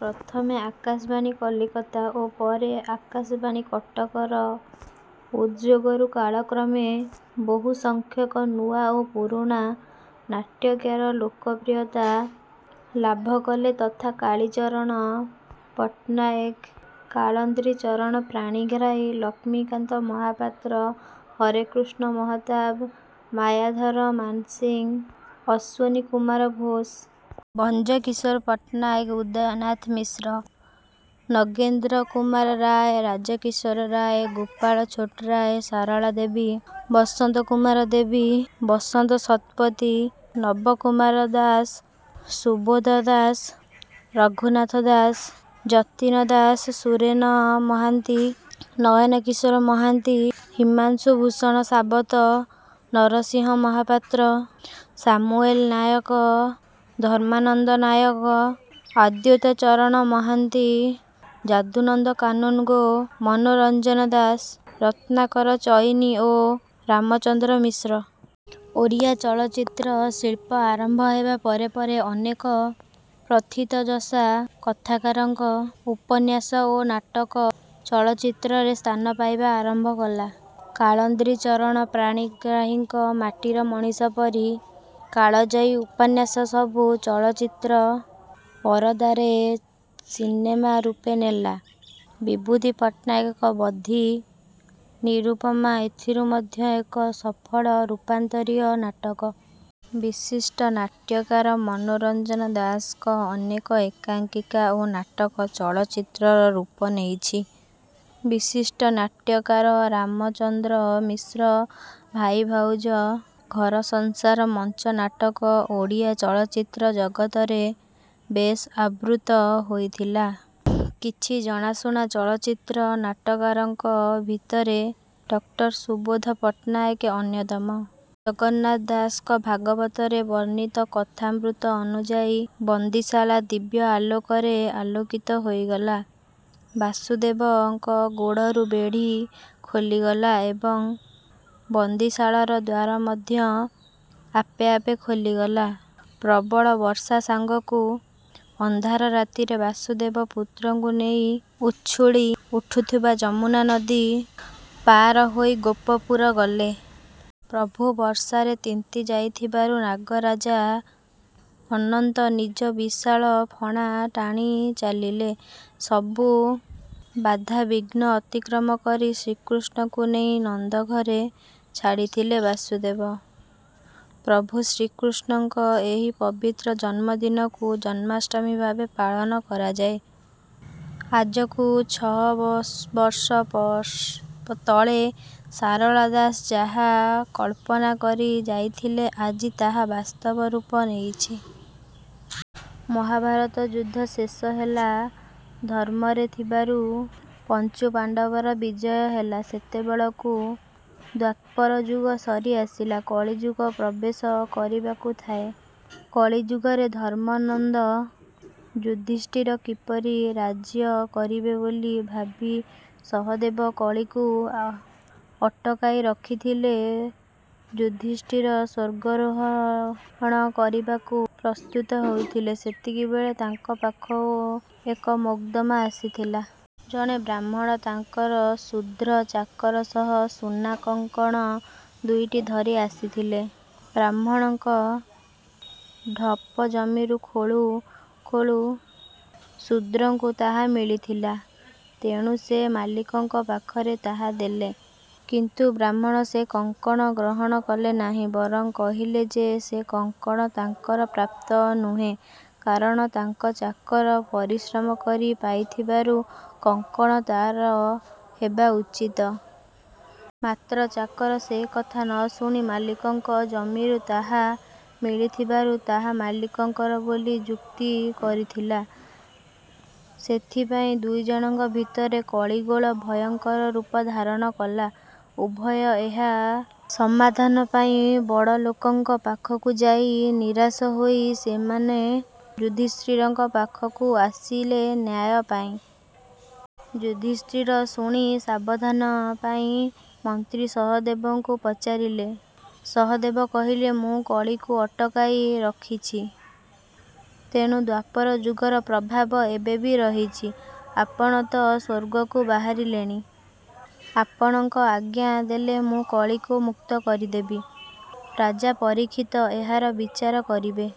ପ୍ରଥମେ ଆକାଶବାଣୀ କଲିକତା ଓ ପରେ ଆକାଶବାଣୀ କଟକ ର ଉଦଯୋଗରୁ କାଳକ୍ରମେ ବହୁସଙ୍ଖ୍ଯକ ନୂଆ ଓ ପୁରୁଣା ନାଟ୍ୟକାର ଲୋକପ୍ରିୟତା ଲାଭ କଲେ ଯଥା କାଳୀଚରଣ ପଟ୍ଟନାୟକ, କାଳିନ୍ଦୀ ଚରଣ ପାଣିଗ୍ରାହୀ, ଲକ୍ଷ୍ମୀକାନ୍ତ ମହାପାତ୍ର, ହରେକୃଷ୍ଣ ମହତାବ, ମାୟାଧର ମାନସିଂହ, ଅଶ୍ୱିନୀ କୁମାର ଘୋଷ, ଭଞ୍ଜକିଶୋର ପଟ୍ଟନାୟକ, ଉଦୟନାଥ ମିଶ୍ର, ନଗେନ୍ଦ୍ର କୁମାର ରାୟ, ରାଜକିଶୋର ରାୟ, ଗୋପାଳ ଛୋଟରାୟ, ସରଳା ଦେବୀ, ବସନ୍ତ କୁମାରୀ ଦେବୀ, ବସନ୍ତ ଶତପଥୀ, ନବ କୁମାର ଦାସ, ସୁବୋଧ ଦାସ, ରଘୁନାଥ ଦାସ, ଯତୀନ ଦାସ, ସୁରେନ ମହାନ୍ତି, ନୟନ କିଶୋର ମହାନ୍ତି, ହିମାଂଶୁ ଭୂଷଣ ସାବତ, ନରସିଂହ ମହାପାତ୍ର, ସାମୁଏଲ ନାୟକ, ଧର୍ମାନନ୍ଦ ନାୟକ, ଅଦୈତ ଚରଣ ମହାନ୍ତି, ଯଦୁମଣି କାନୁନଗୋ, ମନୋରଞ୍ଜନ ଦାସ, ରତ୍ନାକର ଚଇନି, ଓ ରାମଚନ୍ଦ୍ର ମିଶ୍ର। ଓଡ଼ିଆରେ ଚଳଚ୍ଚିତ୍ର ଶିଳ୍ପ ଆରମ୍ଭ ହେବ ପରେ ପରେ ଅନେକ ପ୍ରଥିତଯଶା କଥାକାରଙ୍କ ଉପନ୍ୟାସ ଓ ନାଟକ ଚଳଚ୍ଚିତ୍ରରେ ସ୍ଥାନ ପାଇବା ଆରମ୍ଭ କଲା। କାଳିନ୍ଦୀ ଚରଣ ପାଣିଗ୍ରାହୀଙ୍କ ମାଟିର ମଣିଷ ପରି କାଳଜୟୀ ଉପନ୍ୟାସସବୁ ଚଳଚ୍ଚିତ୍ର ପରଦାରେ ସିନେମା ରୂପ ନେଲା। ବିଭୂତି ପଟ୍ଟନାୟକଙ୍କ ବଧୂ ନିରୁପମା ଏଥି ମଧ୍ୟରୁ ଏକ ସଫଳ ରୂପାନ୍ତରିତ ନାଟକ। ବିଶିଷ୍ଟ ନାଟ୍ୟକାର ମନୋରଞ୍ଜନ ଦାସଙ୍କ ଅନେକ ଏକାଙ୍କିକା ଓ ନାଟକ ଚଳଚ୍ଚିତ୍ରର ରୂପ ନେଇଛି। ବିଶିଷ୍ଟ ନାଟ୍ୟକାର ରାମଚନ୍ଦ୍ର ମିଶ୍ରଙ୍କ ଭାଇଭାଉଜ, ଘରସଂସାର ମଞ୍ଚ ନାଟକ ଓଡ଼ିଆ ଚଳଚ୍ଚିତ୍ର ଜଗତରେ ବେଶ୍ ଆଦୃତ ହୋଇଥିଲା। କିଛି ଜଣାଶୁଣା ଚଳଚ୍ଚିତ୍ର ନାଟ୍ୟକାରଙ୍କ ଭିତରେ ଡ।. ସୁବୋଧ ପଟ୍ଟନାୟକ ଅନ୍ୟତମ। ଜଗନ୍ନାଥ ଦାସଙ୍କ ଭାଗବତରେ ବର୍ଣ୍ଣିତ କଥାମୃତ ଅନୁଯାୟୀ ବନ୍ଦୀଶାଳା ଦିବ୍ୟ ଆଲୋକରେ ଆଲୋକିତ ହେଇଗଲା, ବସୁଦେବଙ୍କ ଗୋଡରୁ ବେଡି ଖୋଲିଗଲା ଏବଂ ବନ୍ଦୀଶାଳାର ଦ୍ୱାର ମଧ୍ୟ ଆପେଆପେ ଖୋଲିଗଲା। ପ୍ରବଳ ବର୍ଷା ସାଙ୍ଗକୁ ଅନ୍ଧାର ରାତିରେ ବସୁଦେବ ପୁତ୍ରକୁ ନେଇ ଉଛୁଳି ଉଠୁଥିବା ଯମୁନା ନଦୀ ପାର ହେଇ ଗୋପପୁର ଗଲେ। ପ୍ରଭୁ ବର୍ଷାରେ ତିନ୍ତି ଯାଉଥିବାରୁ ବାଟରେ ନାଗରାଜା ଅନନ୍ତ ନିଜର ବିଶାଳ ଫଣା ଢାଙ୍କି ଚାଲିଲେ। ସବୁ ବାଧାବିଘ୍ନ ଅତିକ୍ରମ କରି ଶ୍ରୀକୃଷ୍ଣଙ୍କୁ ନେଇ ନନ୍ଦଘରେ ଛାଡିଥିଲେ ବସୁଦେବ। ପ୍ରଭୁ ଶ୍ରୀକୃଷ୍ଣଙ୍କ ଏହି ପବିତ୍ର ଜନ୍ମ ଦିନକୁ ଜନ୍ମାଷ୍ଟମୀ ଭାବେ ପାଳନ କରାଯାଏ। ଆଜିକୁ ଛହଶହ ବର୍ଷ ତଳେ ଶାରଳା ଦାସ ଯାହା କଳ୍ପନା କରି ଯାଇଥିଲେ ଆଜି ତାହା ବାସ୍ତବ ରୁପ ନେଇଛି। ମହାଭାରତ ଯୁଦ୍ଧ ଶେଷ ହେଲା, ଧର୍ମରେ ଥିବାରୁ ପନ୍ଚୁପାଣ୍ଡବଙ୍କର ବିଜୟ ହେଲା। ସେତେବେଳକୁ ଦ୍ୱାପର ଯୁଗ ସରି ଆସିଲାଣି, କଳିଯୁଗ ପ୍ରବେଶ କରିବାକୁ ଥାଏ। କଳିକାଳରେ ଧର୍ମନନ୍ଦନ ଯୁଧିଷ୍ଠିର କିପରି ରାଜ୍ୟ କରିବେ ବୋଲି ଭାବି ସହଦେବ କଳିକୁ ଅଟକାଇ ରଖିଲେ। ଯୁଧିଷ୍ଠିର ସ୍ୱର୍ଗାରୋହଣ କରିବାକୁ ପ୍ରସ୍ତୁତ ହେଉଥାନ୍ତି, ସେତିକିବେଳେ ତାଙ୍କ ପାଖହୁ ଏକ ମୋକଦ୍ଦମା ଆସିଲା। ଜଣେ ବ୍ରାହ୍ମଣ ତାଙ୍କର ଶୁଦ୍ର ଚାକର ସହ ସୁନାକଙ୍କଣ ଦୁଇଟି ଧରି ଆସିଲେ। ବ୍ରାହ୍ମଣଙ୍କ ଢିପଜମିରୁ ଖୋଳୁ ଖୋଳୁ ଶୁଦ୍ରକୁ ତାହା ମିଳିଥିଲା, ତେଣୁ ସେ ମାଲିକଙ୍କ ପାଖରେ ତାହା ଦେଲା। କିନ୍ତୁ ବ୍ରାହ୍ମଣ ସେ କଙ୍କଣ ଗ୍ରହଣ କଲେ ନାହିଁ, ବରଂ କହିଲେ ଯେ ସେ କଙ୍କଣ ତାଙ୍କର ପ୍ରାପ୍ୟ ନୁହେଁ କାରଣ ତାଙ୍କ ଚାକର ପରିଶ୍ରମ କରି ପାଇଥିବାରୁ କଙ୍କଣ ତାର ହେବା ଉଚିତ। ମାତ୍ର ଚାକର ସେକଥା ନ ଶୁଣି ମାଲିକଙ୍କ ଜମିରୁ ତାହା ମିଳିଥିବାରୁ ତାହା ମାଲିକଙ୍କର ବୋଲି ଯୁକ୍ତି କରିଥିଲା। ଏଥିପାଇଁ ଦୁଇଜଣଙ୍କ ଭିତରେ କଳିଗୋଳ ଭୟଙ୍କର ରୁପ ଧାରଣ କଲା। ଉଭୟ ଏହାର ସମାଧାନ ପାଇ ବହୁଲୋକଙ୍କ ପାଖକୁ ଯାଇ ନିରାଶ ହୋଇ ସେମାନେ ଯୁଧିଷ୍ଠିରଙ୍କ ପାଖକୁ ଆସିଲେ ନ୍ୟାୟ ପାଇଁ। ଯୁଧିଷ୍ଠିର ସବୁ ସୁଣି ସମାଧାନ ପାଇଁ ମନ୍ତ୍ରୀ ସହଦେବଙ୍କୁ ପଚାରିଲେ। ସହଦେବ କହିଲେ ମୁ କଳିକୁ ଅଟକାଇ ରଖିଛି, ଏଣୁ ଦ୍ୱାପର ଯୁଗର ପ୍ରଭାବ ଏବେ ବି ରହିଛି। ଆପଣ ତ ସ୍ୱର୍ଗକୁ ବାହାରିଲେଣି। ଆପଣଙ୍କ ଆଜ୍ଞା ହେଲେ ମୁ କଳିକୁ ମୁକ୍ତ କରିଦେବି। ରାଜା ପରୀକ୍ଷିତ ଏହାର ବିଚାର କରିବେ।